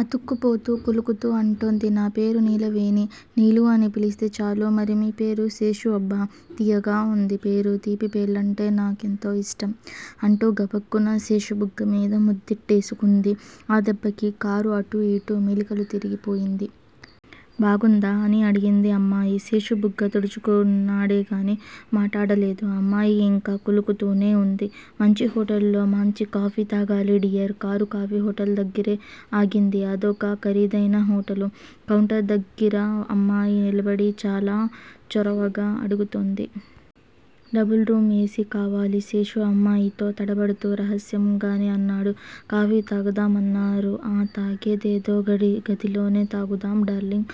అతుక్కుపోతూ, కులుకుతూ అంటోంది. నా పేరు నీలవేణి. నీలూ అని పిలిస్తే చాలు. మరి మీ పేరో, శేషు అబ్బ తియ్యగా వుంది పేరు. తీపి పేర్లంటే నా కెంతో యిష్టం అంటూ గబుక్కున శేషుబుగ్గ మీద ముద్దెట్టేసుకుంది. ఆ దెబ్బకి కారు అటూ ఇటూ మెలికలు తిరిగిపోయింది. బాగుందా? అని అడిగింది అమ్మాయి. శేషు బుగ్గ తుడుచుకున్నాడే గాని మాటాడలేదు. అమ్మాయి యింకా కులుకుతూనే వుంది. మాంచి హోటల్లో మాంచి కాఫీ తాగాలి డియర్! కారు కాఫీ హోటల్ దగ్గిరే ఆగింది. అదొక ఖరీదైన హోటలు. కౌంటరు దగ్గిర అమ్మాయి నిలబడి చాలా చొరవగా అడుగుతోంది. Double room A. సి. కావాలి! శేషు అమ్మాయితో తడబడుతూ రహస్యంగానే అన్నాడు. 'కాఫీ తాగుదామన్నారు! ఆ తాగేదేదో గదిలోనే తాగుదాం డార్లింగ్.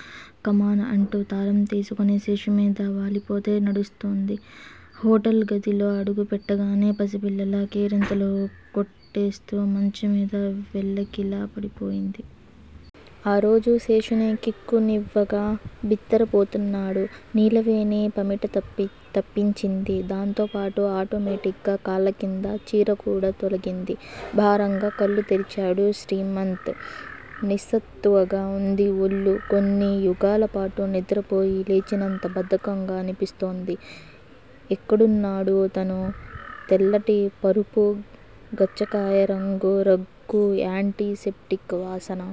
కమాన్ అంటూ తాళం తీసుకుని శేషు-మీద వాలిపోతే నడుస్తోంది. హోటల్ గదిలో అడుగు పెట్టగానే పసిపిల్లలా కేరింతలు కొట్టేస్తూ మంచం మీద వెల్లకిలా పడిపోయింది. ఆ ఫోజు శేషుకి కిక్కునివ్వగా బిత్తర పోతున్నాడు. నీలవేణి పమిట తప్పించింది. దాంతోపాటు ఆటోమేటిగ్గా కాళ్ళకింద చీరకూడ తొలగింది. భారంగా కళ్ళు తెరిచాడు శ్రీమంత్! నిస్సత్తువగా ఉంది ఒళ్ళు. కొన్ని యుగాలపాటు నిద్రపోయి లేచినంత బద్దకంగా అనిపిస్తోంది. ఎక్కడున్నాడు తను? తెల్లటి పరుపు, గచ్చకాయరంగు రగ్గూ, యాంటీ సెప్టిక్ వాసనా!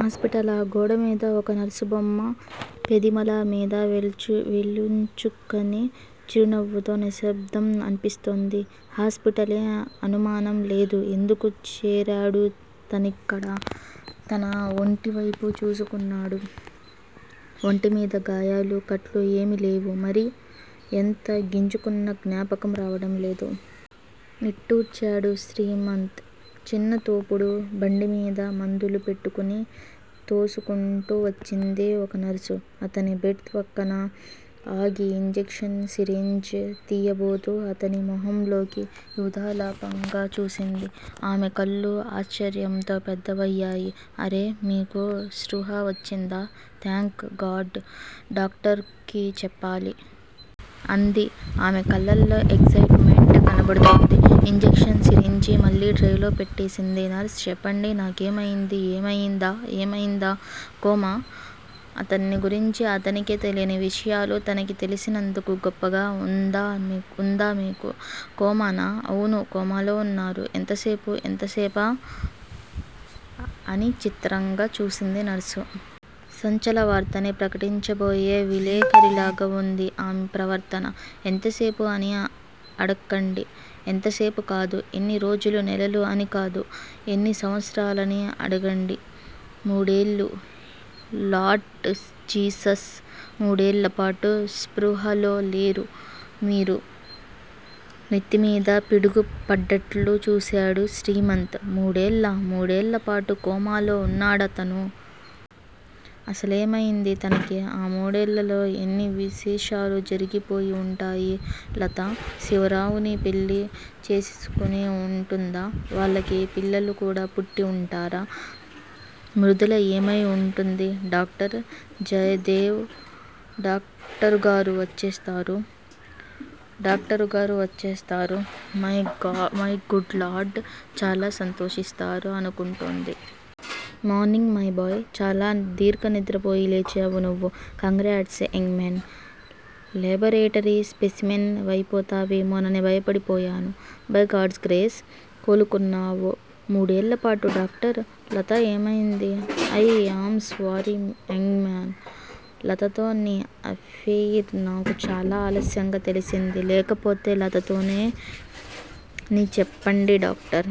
హాస్పిటళా? గోడ మీద ఒక నర్సుబొమ్మ, పెదిమల మీద వేలుంచుకుని చిరునవ్వుతో నిశ్శబ్దం అన్పిస్తోంది. హాస్పిటలే! అనుమానం లేదు. ఎందుకు చేరాడు తనిక్కడ? తన ఒంటి వైపు చూసుకున్నాడు. ఒంటి మీద గాయాలూ, కట్లూ ఏమీ లేవు. మరి? ఎంత గింజుకున్నా జ్ఞాపకం రావడం లేదు. నిట్టూర్చాడు శ్రీమంత్. చిన్న తోపుడు బండిమీద మందులు పెట్టుకుని తోసుకుంటూ వచ్చింది ఒక నర్సు. అతని బెడ్ పక్కన ఆగి, ఇంజెక్షన్ సిరెంజ్ తియ్యబోతూ అతని మొహంలోకి యధాలాపంగా చూసింది. ఆమె కళ్ళు ఆశ్చర్యంతో పెద్దవయ్యాయి. అరె! మీకు స్పృహ వచ్చిందా! Thank God! డాక్టర్ కి చెప్పాలి! అంది. ఆమె కళ్ళలో ఎక్సయిట్ మెంట్ కనబడుతోంది. ఇంజెక్షన్ సిరెంజి మళ్ళీ ట్రేలో పెట్టేసింది. నర్స్ చెప్పండి నాకేమయింది? ఏమయిందా? ఏమయిందా? కోమా! అతన్ని గురించి అతనికే తెలియని విషయాలు తనకి తెలిసినందుకు గొప్పగా ఉందామెకు. కోమానా? అవును! కోమాలో ఉన్నారు. ఎంతసేపు? ఎంతసేపా? అని చిత్రంగా చూసింది నర్సు. సంచలనవార్తని ప్రకటించబోయే విలేఖరిలాగా ఉంది ఆమె ప్రవర్తన. ఎంతసేపు అని అడక్కండి. ఎంతసేపు కాదు. ఎన్ని రోజులూ నెలలూ అని కాదు. ఎన్ని సంవత్సరాలని అడగండి. మూడేళ్ళు! Lord Jesus! మూడేళ్ళపాటు స్పృహలో లేరు మీరు! నెత్తిమీద పిడుగు పడ్డట్లు చూశాడు శ్రీమంత్. మూడేళ్ళా? మూడేళ్ళపాటు కోమాలో ఉన్నాడా తను? అసలేమైంది తనకి? ఈ మూడేళ్ళలో ఎన్ని విశేషాలు జరిగిపోయి ఉంటాయి? లతా శివరావుని పెళ్ళి చేసేసుకుని ఉంటుందా? వాళ్ళకి పిల్లలు కూడా పుట్టి ఉంటారా? మృదుల ఏమై వుంటుంది? డాక్టర్, జయదేవ్? డాక్టరుగారు వచ్చేస్తారు! డాక్టరుగారు వచ్చేస్తారు! My good lord! చాలా సంతోషిస్తారు అనుకుంటోంది. Morning my boy! చాలా దీర్ఘనిద్రపోయి లేచావు నువ్వు! Congrats young men! Laboratory specimen వైపోతావేమోనని భయపడిపోయాను. బై గాడ్స్ గ్రేస్, కోలుకున్నావు. మూడేళ్ళపాటు డాక్టర్! లత ఏమైంది? I am sorry young man! లతతో నీ అఫెయిర్ నాకు చాలా ఆలస్యంగా తెలిసింది. లేకపోతే లతతోనే నీ చెప్పండి డాక్టర్!